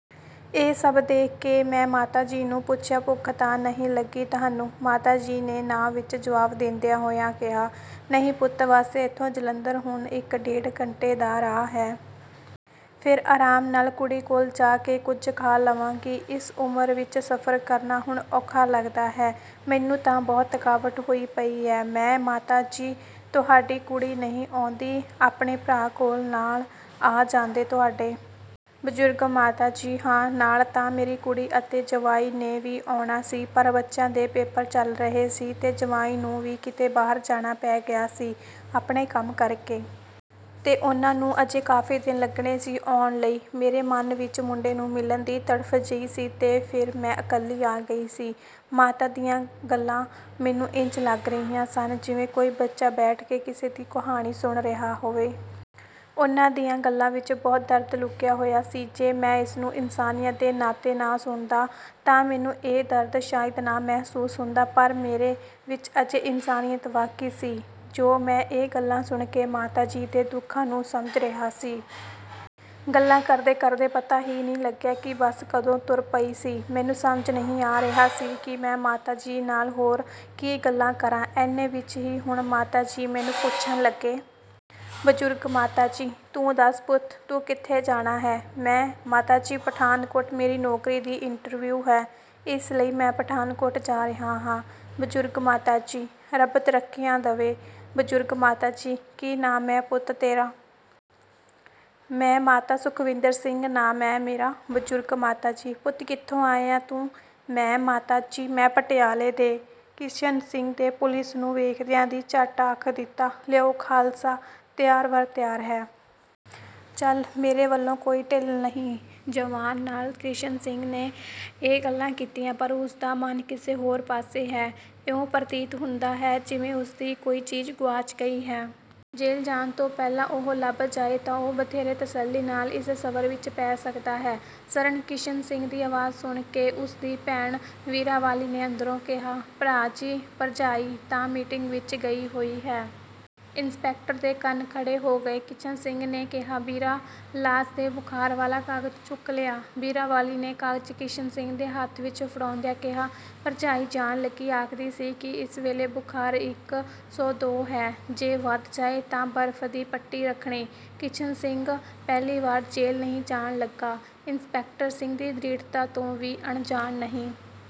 ਇਹ ਸਭ ਦੇਖ ਕੇ ਮੈਂ ਮਾਤਾ ਜੀ ਨੂੰ ਪੁੱਛਿਆ, "ਭੁੱਖ ਤਾਂ ਨਹੀਂ ਲੱਗੀ ਤੁਹਾਨੂੰ?" ਮਾਤਾ ਜੀ ਨੇ ਨਾ ਵਿੱਚ ਜਵਾਬ ਦਿੰਦਿਆਂ ਹੋਇਆ ਕਿਹਾ, "ਨਹੀਂ ਪੁੱਤ, ਬਸ ਇੱਥੋਂ ਜਲੰਧਰ ਹੁਣ ਇੱਕ-ਡੇਢ ਘੰਟੇ ਦਾ ਰਾਹ ਹੈ। ਫੇਰ ਆਰਾਮ ਨਾਲ ਕੁੜੀ ਕੋਲ ਜਾ ਕੇ ਕੁਝ ਖਾ ਲਵਾਂਗੀ। ਇਸ ਉਮਰ ਵਿੱਚ ਸਫ਼ਰ ਕਰਨਾ ਹੁਣ ਔਖਾ ਲੱਗਦਾ ਹੈ। ਮੈਨੂੰ ਤਾਂ ਬਹੁਤ ਥਕਾਵਟ ਹੋਈ ਪਈ ਹੈ।" ਮੈਂ: "ਮਾਤਾ ਜੀ, ਤੁਹਾਡੀ ਕੁੜੀ ਨਹੀਂ ਆਉਂਦੀ ਆਪਣੇ ਭਰਾ ਕੋਲ ਨਾਲ ਆ ਜਾਂਦੇ ਤੁਹਾਡੇ?" ਬਜ਼ੁਰਗ ਮਾਤਾ ਜੀ: "ਹਾਂ, ਨਾਲ ਤਾਂ ਮੇਰੀ ਕੁੜੀ ਅਤੇ ਜਵਾਈ ਨੇ ਵੀ ਆਉਣਾ ਸੀ, ਪਰ ਬੱਚਿਆਂ ਦੇ ਪੇਪਰ ਚੱਲ ਰਹੇ ਸੀ ਤੇ ਜਵਾਈ ਨੂੰ ਵੀ ਕਿਤੇ ਬਾਹਰ ਜਾਣਾ ਪੈ ਗਿਆ ਸੀ ਆਪਣੇ ਕੰਮ ਕਰਕੇ। ਤੇ ਉਹਨਾਂ ਨੂੰ ਅਜੇ ਕਾਫ਼ੀ ਦਿਨ ਲੱਗਣੇ ਸੀ ਆਉਣ ਲਈ। ਮੇਰੇ ਮਨ ਵਿੱਚ ਮੁੰਡੇ ਨੂੰ ਮਿਲਣ ਦੀ ਤੜਫ਼ ਜਿਹੀ ਸੀ ਤੇ ਫੇਰ ਮੈਂ ਇਕੱਲੀ ਆ ਗਈ ਸੀ।" ਮਾਤਾ ਦੀਆਂ ਗੱਲਾਂ ਮੈਨੂੰ ਇੰਝ ਲੱਗ ਰਹੀਆਂ ਸਨ, ਜਿਵੇਂ ਕੋਈ ਬੱਚਾ ਬੈਠ ਕੇ ਕਿਸੇ ਦੀ ਕਹਾਣੀ ਸੁਣ ਰਿਹਾ ਹੋਵੇ। ਉਹਨਾਂ ਦੀਆਂ ਗੱਲਾਂ ਵਿੱਚ ਬਹੁਤ ਦਰਦ ਲੁਕਿਆ ਹੋਇਆ ਸੀ। ਜੇ ਮੈਂ ਇਸਨੂੰ ਇਨਸਾਨੀਅਤ ਦੇ ਨਾਤੇ ਨਾ ਸੁਣਦਾ ਤਾਂ ਮੈਨੂੰ ਇਹ ਦਰਦ ਸ਼ਾਇਦ ਨਾ ਮਹਿਸੂਸ ਹੁੰਦਾ। ਪਰ ਮੇਰੇ ਵਿੱਚ ਅਜੇ ਇਨਸਾਨੀਅਤ ਬਾਕੀ ਸੀ, ਜੋ ਮੈਂ ਇਹ ਗੱਲਾਂ ਸੁਣ ਕੇ ਮਾਤਾ ਜੀ ਦੇ ਦੁੱਖਾਂ ਨੂੰ ਸਮਝ ਰਿਹਾ ਸੀ। ਗੱਲਾਂ ਕਰਦੇ-ਕਰਦੇ ਪਤਾ ਹੀ ਨਹੀਂ ਲੱਗਿਆ ਕਿ ਬੱਸ ਕਦੋਂ ਤੁਰ ਪਈ ਸੀ। ਮੈਨੂੰ ਸਮਝ ਨਹੀਂ ਆ ਰਿਹਾ ਸੀ ਕਿ ਮੈਂ ਮਾਤਾ ਜੀ ਨਾਲ ਹੋਰ ਕੀ ਗੱਲਾਂ ਕਰਾਂ। ਐਨੇ ਵਿੱਚ ਹੀ ਹੁਣ ਮਾਤਾ ਜੀ ਮੈਨੂੰ ਪੁੱਛਣ ਲੱਗੇ। ਬਜ਼ੁਰਗ ਮਾਤਾ ਜੀ: "ਤੂੰ ਦੱਸ ਪੁੱਤ, ਤੂੰ ਕਿੱਥੇ ਜਾਣਾ ਹੈ?" ਮੈਂ: "ਮਾਤਾ ਜੀ, ਪਠਾਨਕੋਟ ਮੇਰੀ ਨੌਕਰੀ ਦੀ ਇੰਟਰਵਿਊ ਹੈ। ਇਸ ਲਈ ਮੈਂ ਪਠਾਨਕੋਟ ਜਾ ਰਿਹਾ ਹਾਂ।" ਬਜ਼ੁਰਗ ਮਾਤਾ ਜੀ: "ਰੱਬ ਤਰੱਕੀਆਂ ਦੇਵੇ।" ਬਜ਼ੁਰਗ ਮਾਤਾ ਜੀ: "ਕੀ ਨਾਮ ਆ ਪੁੱਤ ਤੇਰਾ?" ਮੈਂ: "ਮਾਤਾ, ਸੁੱਖਵਿੰਦਰ ਸਿੰਘ ਨਾਮ ਹੈ ਮੇਰਾ।" ਬਜ਼ੁਰਗ ਮਾਤਾ ਜੀ: "ਪੁੱਤ, ਕਿੱਥੋਂ ਆਇਆ ਤੂੰ?" ਮੈਂ: "ਮਾਤਾ ਜੀ, ਮੈਂ ਪਟਿਆਲੇ ਦੇ..." ਕਿਸ਼ਨ ਸਿੰਘ ਨੇ ਪੁਲਿਸ ਨੂੰ ਵੇਖਦਿਆਂ ਹੀ ਝੱਟ ਆਖ ਦਿੱਤਾ, "ਲਓ, ਖ਼ਾਲਸਾ ਤਿਆਰ-ਬਰ-ਤਿਆਰ ਹੈ।" ਚੱਲੋ, ਮੇਰੇ ਵੱਲੋਂ ਕੋਈ ਢਿੱਲ ਨਹੀਂ।" ਜ਼ਬਾਨ ਨਾਲ ਤਾਂ ਕਿਸ਼ਨ ਸਿੰਘ ਨੇ ਇਹ ਗੱਲਾਂ ਕੀਤੀਆਂ, ਪਰ ਉਸ ਦਾ ਮਨ ਕਿਸੇ ਹੋਰ ਪਾਸੇ ਹੈ। ਇਉਂ ਪ੍ਰਤੀਤ ਹੁੰਦਾ ਹੈ, ਜਿਵੇਂ ਉਸ ਦੀ ਕੋਈ ਚੀਜ਼ ਗੁਆਚ ਗਈ ਹੈ। ਜੇਲ੍ਹ ਜਾਣ ਤੋਂ ਪਹਿਲਾਂ ਉਹ ਲੱਭ ਜਾਏ ਤਾਂ ਉਹ ਵਧੇਰੇ ਤਸੱਲੀ ਨਾਲ ਇਸ ਸਫ਼ਰ ਵਿੱਚ ਪੈ ਸਕਦਾ ਹੈ। "ਸਰਨ।" ਕਿਸ਼ਨ ਸਿੰਘ ਦੀ ਆਵਾਜ਼ ਸੁਣ ਕੇ ਉਸ ਦੀ ਭੈਣ ਵੀਰਾਂਵਾਲੀ ਨੇ ਅੰਦਰੋਂ ਕਿਹਾ, "ਭਰਾ ਜੀ, ਭਰਜਾਈ ਤਾਂ ਮੀਟਿੰਗ ਵਿੱਚ ਗਈ ਹੋਈ ਹੈ।" ਇੰਸਪੈਕਟਰ ਦੇ ਕੰਨ ਖੜ੍ਹੇ ਹੋ ਗਏ। ਕਿਸ਼ਨ ਸਿੰਘ ਨੇ ਕਿਹਾ, "ਵੀਰਾਂ, ਲਾਜ ਦੇ ਬੁਖ਼ਾਰ ਵਾਲਾ ਕਾਗਜ਼ ਚੁੱਕ ਲਿਆ।" ਵੀਰਾਂਵਾਲੀ ਨੇ ਕਾਗਜ਼ ਕਿਸ਼ਨ ਸਿੰਘ ਦੇ ਹੱਥ ਵਿੱਚ ਫੜਾਉਂਦਿਆਂ ਕਿਹਾ, "ਭਰਜਾਈ ਜਾਣ ਲੱਗੀ ਆਖਦੀ ਸੀ ਕਿ ਇਸ ਵੇਲੇ ਬੁਖਾਰ ਇੱਕ ਸੋ ਦੋ ਹੈ, ਜੇ ਵਧ ਜਾਏ ਤਾਂ ਬਰਫ਼ ਦੀ ਪੱਟੀ ਰੱਖਣੀ।" ਕਿਸ਼ਨ ਸਿੰਘ ਪਹਿਲੀ ਵੇਰ ਜੇਲ੍ਹ ਨਹੀਂ ਜਾਣ ਲੱਗਾ। ਇੰਸਪੈਕਟਰ ਇਸ ਦੀ ਦ੍ਰਿੜ੍ਹਤਾ ਤੋਂ ਵੀ ਅਣਜਾਣ ਨਹੀਂ।